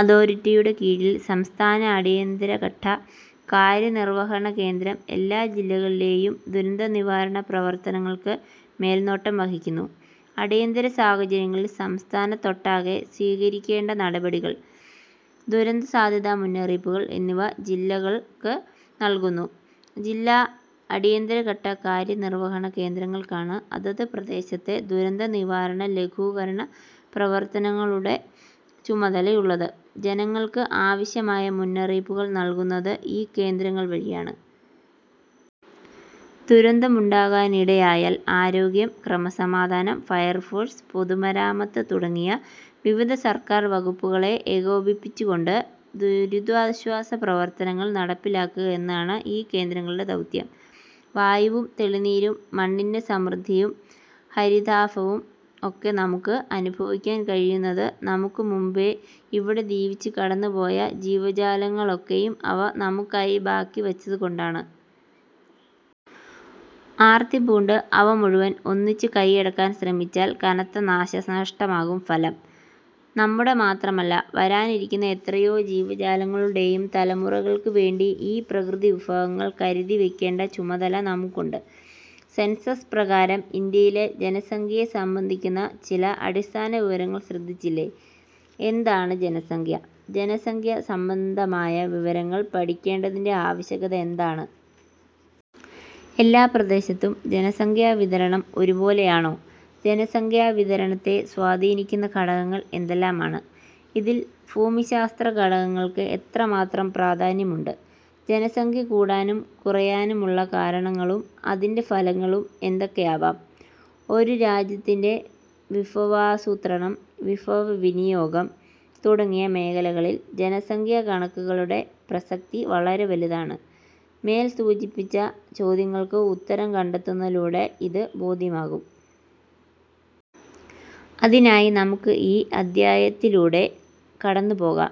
അതോറിറ്റിയുടെ കീഴിൽ സംസ്ഥാന അടിയന്തരഘട്ട കാര്യനിർവഹണ കേന്ദ്രം എല്ലാ ജില്ലകളിലെയും ദുരന്തനിവാരണ പ്രവർത്തനങ്ങൾക്ക് മേൽനോട്ടം വഹിക്കുന്നു. അടിയന്തര സാഹചര്യങ്ങളിൽ സംസ്ഥാനത്തൊട്ടാകെ സ്വീകരിക്കേണ്ട നടപടികൾ, ദുരന്തസാധ്യതാ മുന്നറിയിപ്പുകൾ എന്നിവ ജില്ലകൾക്ക് നൽകുന്നു. ജില്ലാ അടിയന്തരഘട്ട കാര്യനിർവഹണ കേന്ദ്രങ്ങൾക്കാണ് അതത് പ്രദേശത്തെ ദുരന്തനിവാരണ ലഘൂകരണ പ്രവർത്തനങ്ങളുടെ ചുമതലയുള്ളത്. ജനങ്ങൾക്ക് ആവശ്യമായ മുന്നറിയിപ്പുകൾ നൽകുന്നത് ഈ കേന്ദ്രങ്ങൾ വഴിയാണ്. ദുരന്തമുണ്ടാകാനിടയായാൽ ആരോഗ്യം, ക്രമസമാധാനം, ഫയർഫോഴ്സ്, പൊതുമരാമത്ത് തുടങ്ങിയ വിവിധ സർക്കാർ വകുപ്പുകളെ ഏകോപിപ്പിച്ചുകൊണ്ട് ദുരിതാശ്വാസ പ്രവർത്തനങ്ങൾ നടപ്പിലാക്കുക എന്നതാണ് ഈ കേന്ദ്രങ്ങളുടെ ദൗത്യം. വായുവും തെളിനീരും മണ്ണിന്റെ സമൃദ്ധിയും ഹരിതാഭയും ഒക്കെ നമുക്ക് അനുഭവിക്കാൻ കഴിയുന്നത് നമുക്കു മുമ്പേ ഇവിടെ ജീവിച്ചു കടന്നുപോയ ജീവജാലങ്ങളൊക്കെയും അവ നമുക്കായി ബാക്കിവച്ചതുകൊണ്ടാണ്. ആർത്തിപൂണ്ട് അവ മുഴുവൻ ഒന്നിച്ചു കൈയടക്കാൻ ശ്രമിച്ചാൽ കനത്ത നാശനഷ്ടമാകും ഫലം. നമ്മുടെ മാത്രമല്ല, വരാനിരിക്കുന്ന എത്രയോ ജീവജാലങ്ങളുടെയും തലമുറകൾക്കുവേണ്ടി ഈ പ്രകൃതിവിഭവങ്ങൾ കരുതിവയ്ക്കേണ്ട ചുമതല നമുക്കുണ്ട്. സെൻസസ് പ്രകാരം, ഇന്ത്യയിലെ ജനസംഖ്യയെ സംബന്ധിക്കുന്ന ചില അടിസ്ഥാനവിവരങ്ങൾ ശ്രദ്ധിച്ചില്ലേ. എന്താണ് ജനസംഖ്യ? ജനസംഖ്യ സംബന്ധമായ വിവരങ്ങൾ പഠിക്കേണ്ടതിന്റെ ആവശ്യകത എന്താണ്? എല്ലാ പ്രദേശത്തും ജനസംഖ്യാവിതരണം ഒരുപോലെയാണോ? ജനസംഖ്യാവിതരണത്തെ സ്വാധീനിക്കുന്ന ഘടകങ്ങൾ എന്തെല്ലാമാണ്? ഇതിൽ ഭൂമിശാസ്ത്ര ഘടകങ്ങൾക്ക് എത്രമാത്രം പ്രാധാന്യമുണ്ട്? ജനസംഖ്യ കൂടാനും കുറയാനുമുള്ള കാരണങ്ങളും അതിന്റെ ഫലങ്ങളും എന്തൊക്കെയാവാം? ഒരു രാജ്യത്തിന്റെ വിഭവാസൂത്രണം, വിഭവവിനിയോഗം തുടങ്ങിയ മേഖലകളിൽ ജനസംഖ്യാകണക്കുകളുടെ പ്രസക്തി വളരെ വലുതാണ്. മേൽ സൂചിപ്പിച്ച ചോദ്യങ്ങൾക്ക് ഉത്തരം കണ്ടെത്തുന്നതിലൂടെ അത് ബോധ്യമാകും. അതിനായി നമുക്ക് ഈ അധ്യായത്തിലൂടെ കടന്നുപോകാം.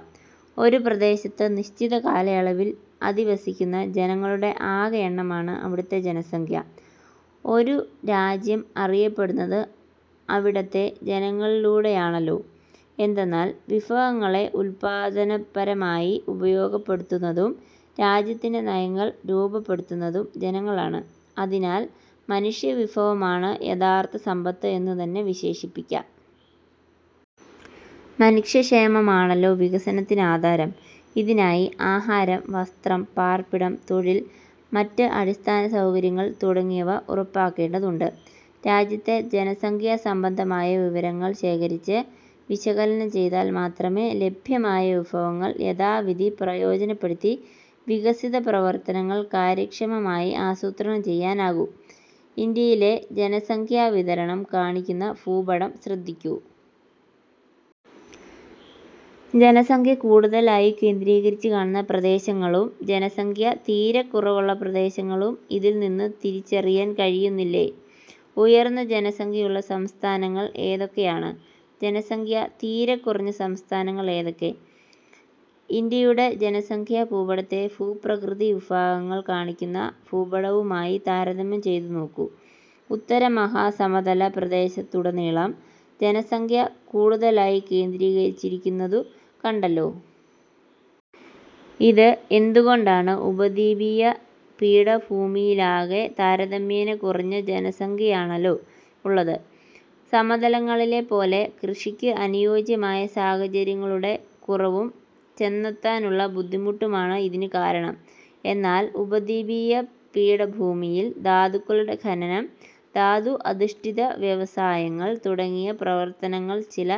ഒരു പ്രദേശത്ത് നിശ്ചിത കാലയളവിൽ അധിവസിക്കുന്ന ജനങ്ങളുടെ ആകെ എണ്ണമാണ് അവിടത്തെ ജനസംഖ്യ. ഒരു രാജ്യം അറിയപ്പെടുന്നത് അവിടത്തെ ജനങ്ങളിലൂടെയാണല്ലോ. എന്തെന്നാൽ, വിഭവങ്ങളെ ഉൽപ്പാദനപരമായി ഉപയോഗപ്പെടുത്തുന്നതും രാജ്യത്തിന്റെ നയങ്ങൾ രൂപപ്പെടുത്തുന്നതും ജനങ്ങളാണ്. അതിനാൽ മനുഷ്യവിഭവമാണ് യഥാർഥ സമ്പത്ത് എന്നുതന്നെ വിശേഷിപ്പിക്കാം. മനുഷ്യക്ഷേമമാണല്ലോ വികസനത്തിന് ആധാരം. ഇതിനായി ആഹാരം, വസ്ത്രം, പാർപ്പിടം. തൊഴിൽ, മറ്റ് അടിസ്ഥാനസൗകര്യങ്ങൾ തുടങ്ങിയവ ഉറപ്പാക്കേണ്ടതുണ്ട്. രാജ്യത്തെ ജനസംഖ്യാസംബന്ധമായ വിവരങ്ങൾ ശേഖരിച്ച് വിശകലനം ചെയ്താൽ മാത്രമേ ലഭ്യമായ വിഭവങ്ങൾ യഥാവിധി പ്രയോജനപ്പെടുത്തി വികസന പ്രവർത്തനങ്ങൾ കാര്യക്ഷമമായി ആസൂത്രണം ചെയ്യാനാകൂ. ഇന്ത്യയിലെ ജനസംഖ്യാവിതരണം കാണിക്കുന്ന ഭൂപടം ശ്രദ്ധിക്കു. ജനസംഖ്യ കൂടുതലായി കേന്ദ്രീകരിച്ചു കാണുന്ന പ്രദേശങ്ങളും ജനസംഖ്യ തീരെ കുറവുള്ള പ്രദേശങ്ങളും ഇതിൽനിന്നു തിരിച്ചറിയാൻ കഴിയുന്നില്ലേ? ഉയർന്ന ജനസംഖ്യയുള്ള സംസ്ഥാനങ്ങൾ ഏതൊക്കെയാണ്? ജനസംഖ്യ തീരെ കുറഞ്ഞ സംസ്ഥാനങ്ങൾ ഏതൊക്കെ? ഇന്ത്യയുടെ ജനസംഖ്യാഭൂപടത്തെ ഭൂപ്രകൃതി വിഭാഗങ്ങൾ കാണിക്കുന്ന ഭൂപടവുമായി താരതമ്യം ചെയ്തുനോക്കൂ. ഉത്തരമഹാസമതല പ്രദേശത്തുടനീളം ജനസംഖ്യ കൂടുതലായി കേന്ദ്രീകരിച്ചിരിക്കുന്നതു കണ്ടല്ലോ. ഇത് എന്തുകൊണ്ടാണ്? ഉപദ്വീപിയ പീഠഭൂമിയിലാകെ താരതമ്യേന കുറഞ്ഞ ജനസംഖ്യയാണല്ലോ ഉള്ളത്. സമതലങ്ങളിലെ പോലെ കൃഷിക്ക് അനുയോജ്യമായ സാഹചര്യങ്ങളുടെ കുറവും ചെന്നെത്താനുള്ള ബുദ്ധിമുട്ടുമാണ് ഇതിനു കാരണം. എന്നാൽ ഉപദ്വീപീയ പീഠഭൂമിയിൽ ധാതുക്കളുടെ ഖനനം, ധാതു അധിഷ്ഠിത വ്യവസായങ്ങൾ തുടങ്ങിയ പ്രവർത്തനങ്ങൾ ചില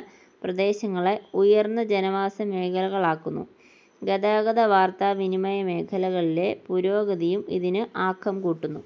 പ്രദേശങ്ങളെ ഉയർന്ന ജനവാസമേഖലകളാക്കുന്നു. ഗതാഗത-വാർത്താവിനിമയ മേഖല കളിലെ പുരോഗതിയും ഇതിന് ആക്കം കൂട്ടുന്നു.